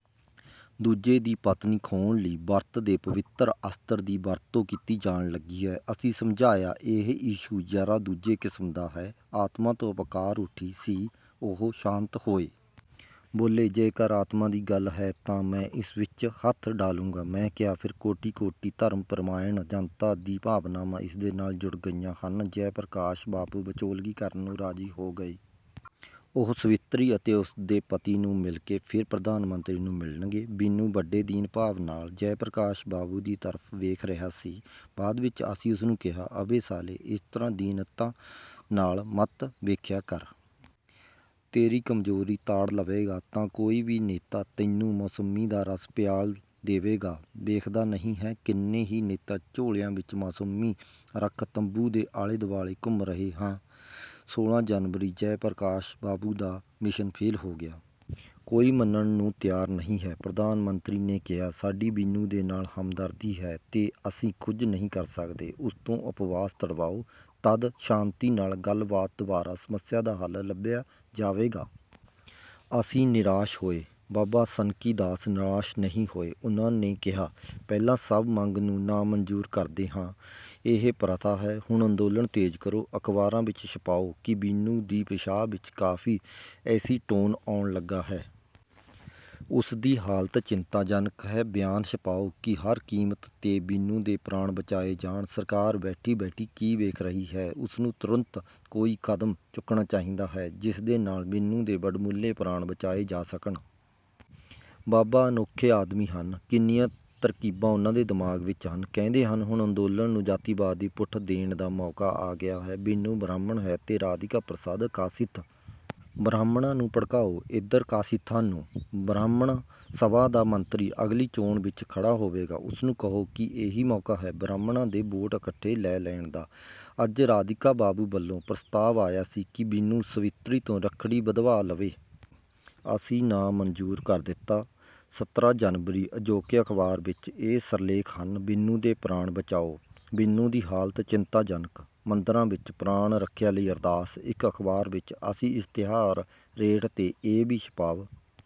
ਦੂਜੇ ਦੀ ਪਤਨੀ ਖੋਹਣ ਲਈ ਵਰਤ ਦੇ ਪਵਿਤਰ ਅਸਤਰ ਦੀ ਵਰਤੋਂ ਕੀਤੀ ਜਾਣ ਲੱਗੀ ਹੈ। " ਅਸੀਂ ਸਮਝਾਇਆ, "ਇਹ ਇਸ਼ੂ ਜਰਾ ਦੂਜੇ ਕਿਸਮ ਦਾ ਹੈ। ਆਤਮਾ ਤੋਂ ਪੁਕਾਰ ਉੱਠੀ ਸੀ। " ਉਹ ਸ਼ਾਂਤ ਹੋਏ। ਬੋਲੇ, "ਜੇਕਰ ਆਤਮਾ ਦੀ ਗੱਲ ਹੈ ਤਾਂ ਮੈਂ ਇਸ ਵਿੱਚ ਹੱਥ ਡਾਲੂੰਗਾ। " ਮੈਂ ਕਿਹਾ, "ਫਿਰ ਕੋਟਿ-ਕੋਟਿ ਧਰਮਪ੍ਰਾਇਣ ਜਨਤਾ ਦੀਆਂ ਭਾਵਨਾਵਾਂ ਇਸਦੇ ਨਾਲ ਜੁੜ ਗਈਆਂ ਹਨ। ਜੈਪ੍ਰਕਾਸ਼ ਬਾਬੂ ਵਿਚੋਲਗੀ ਕਰਨ ਨੂੰ ਰਾਜੀ ਹੋ ਗਏ। ਉਹ ਸਾਵਿਤਰੀ ਅਤੇ ਉਸਦੇ ਪਤੀ ਨੂੰ ਮਿਲਕੇ ਫਿਰ ਪ੍ਰਧਾਨਮੰਤਰੀ ਨੂੰ ਮਿਲਣਗੇ। ਬੰਨੂ ਵੱਡੇ ਦੀਨਭਾਵ ਨਾਲ ਜੈਪ੍ਰਕਾਸ਼ ਬਾਬੂ ਦੀ ਤਰਫ ਵੇਖ ਰਿਹਾ ਸੀ। ਬਾਅਦ ਵਿੱਚ ਅਸੀਂ ਉਸਨੂੰ ਕਿਹਾ, "ਅਬੇ ਸਾਲੇ, ਇਸ ਤਰ੍ਹਾਂ ਦੀਨਤਾ ਨਾਲ ਮਤ ਵੇਖਿਆ ਕਰ। ਤੇਰੀ ਕਮਜੋਰੀ ਤਾੜ ਲਵੇਗਾ ਤਾਂ ਕੋਈ ਵੀ ਨੇਤਾ ਤੈਨੂੰ ਮੁਸੰਮੀ ਦਾ ਰਸ ਪਿਆਲ ਦੇਵੇਗਾ। ਵੇਖਦਾ ਨਹੀਂ ਹੈ, ਕਿੰਨੇ ਹੀ ਨੇਤਾ ਝੋਲਿਆਂ ਵਿੱਚ ਮੁਸੰਮੀ ਰੱਖ ਤੰਬੂ ਦੇ ਆਲੇ-ਦੁਆਲੇ ਘੁੰਮ ਰਹੇ ਹਾਂ। ਸੋਲ੍ਹਾਂ ਜਨਵਰੀ ਜੈਪ੍ਰਕਾਸ਼ ਬਾਬੂ ਦਾ ਮਿਸ਼ਨ ਫੇਲ ਹੋ ਗਿਆ। ਕੋਈ ਮੰਨਣ ਨੂੰ ਤਿਆਰ ਨਹੀਂ ਹੈ। ਪ੍ਰਧਾਨ ਮੰਤਰੀ ਨੇ ਕਿਹਾ, "ਸਾਡੀ ਬੰਨੂ ਦੇ ਨਾਲ ਹਮਦਰਦੀ ਹੈ, ਤੇ ਅਸੀਂ ਕੁੱਝ ਨਹੀਂ ਕਰ ਸਕਦੇ। ਉਸ ਤੋਂ ਉਪਵਾਸ ਤੁੜਵਾਓ, ਤੱਦ ਸ਼ਾਂਤੀ ਨਾਲ ਗੱਲ ਬਾਤ ਦੁਆਰਾ ਸਮੱਸਿਆ ਦਾ ਹੱਲ ਲਭਿਆ ਜਾਵੇਗਾ। ਅਸੀਂ ਨਿਰਾਸ਼ ਹੋਏ, ਬਾਬਾ ਸਨਕੀਦਾਸ ਨਿਰਾਸ਼ ਨਹੀਂ ਹੋਏ। ਉਨ੍ਹਾਂ ਨੇ ਕਿਹਾ, "ਪਹਿਲਾਂ ਸਭ ਮੰਗ ਨੂੰ ਨਾਮੰਜੂਰ ਕਰਦੇ ਹਾਂ। ਇਹੀ ਪ੍ਰਥਾ ਹੈ। ਹੁਣ ਅੰਦੋਲਨ ਤੇਜ ਕਰੋ। ਅਖਬਾਰਾਂ ਵਿੱਚ ਛਪਵਾਓ ਕਿ ਬੰਨੂ ਦੀ ਪੇਸ਼ਾਬ ਵਿੱਚ ਕਾਫ਼ੀ ਏਸੀਟੋਨ ਆਉਣ ਲੱਗਾ ਹੈ। ਉਸਦੀ ਹਾਲਤ ਚਿੰਤਾਜਨਕ ਹੈ। ਬਿਆਨ ਛਪਵਾਓ ਕਿ ਹਰ ਕੀਮਤ ਤੇ ਬੰਨੂ ਦੇ ਪ੍ਰਾਣ ਬਚਾਏ ਜਾਣ। ਸਰਕਾਰ ਬੈਠੀ -ਬੈਠੀ ਕੀ ਵੇਖ ਰਹੀ ਹੈ? ਉਸਨੂੰ ਤੁਰੰਤ ਕੋਈ ਕਦਮ ਚੁੱਕਣਾ ਚਾਹੀਦਾ ਹੈ ਜਿਸਦੇ ਨਾਲ ਬੰਨੂ ਦੇ ਵਡਮੁੱਲੇ ਪ੍ਰਾਣ ਬਚਾਏ ਜਾ ਸਕਣ। " ਬਾਬਾ ਅਨੋਖੇ ਆਦਮੀ ਹਨ। ਕਿੰਨੀਆਂ ਤਰਕੀਬਾਂ ਉਨ੍ਹਾਂ ਦੇ ਦਿਮਾਗ ਵਿੱਚ ਹਨ। ਕਹਿੰਦੇ ਹਨ, "ਹੁਣ ਅੰਦੋਲਨ ਨੂੰ ਜਾਤੀਵਾਦ ਦੀ ਪੁਠ ਦੇਣ ਦਾ ਮੌਕਾ ਆ ਗਿਆ ਹੈ। ਬੰਨੂ ਬਰਾਹਮਣ ਹੈ ਅਤੇ ਰਾਧੀਕਾ ਪ੍ਰਸਾਦ ਕਾਇਸਥ। ਬਰਾਹਮਣਾ ਨੂੰ ਭੜਕਾਓ ਅਤੇ ਏਧਰ ਕਾਇਸਥਾਂ ਨੂੰ। ਬਰਾਹਮਣ ਸਭਾ ਦਾ ਮੰਤਰੀ ਅਗਲੀ ਚੋਣ ਵਿੱਚ ਖੜਾ ਹੋਵੇਗਾ। ਉਸਨੂੰ ਕਹੋ ਕਿ ਇਹੀ ਮੌਕਾ ਹੈ ਬਰਾਹਮਣਾ ਦੇ ਵੋਟ ਇੱਕਠੇ ਲੈ ਲੈਣ ਦਾ। ਅੱਜ ਰਾਧੀਕਾ ਬਾਬੂ ਵੱਲੋਂ ਪ੍ਰਸਤਾਵ ਆਇਆ ਸੀ ਕਿ ਬੰਨੂ ਸਾਵਿਤਰੀ ਤੋਂ ਰੱਖੜੀ ਬੰਧਵਾ ਲਵੇ। ਅਸੀਂ ਨਾਮੰਜੂਰ ਕਰ ਦਿੱਤਾ। ਸਤਾਰ੍ਹਾਂ ਜਨਵਰੀ ਅਜੋਕੇ ਅਖਬਾਰਾਂ ਵਿੱਚ ਇਹ ਸਿਰਲੇਖ ਹਨ ਬੰਨੂ ਦੇ ਪ੍ਰਾਣ ਬਚਾਓ! ਬੰਨੂ ਦੀ ਹਾਲਤ ਚਿੰਤਾਜਨਕ! ਮੰਦਿਰਾਂ ਵਿੱਚ ਪ੍ਰਾਣ- ਰੱਖਿਆ ਲਈ ਅਰਦਾਸ! ਇੱਕ ਅਖ਼ਬਾਰ ਵਿੱਚ ਅਸੀਂ ਇਸ਼ਤਿਹਾਰ ਰੇਟ ਤੇ ਇਹ ਵੀ ਛਪਵਾ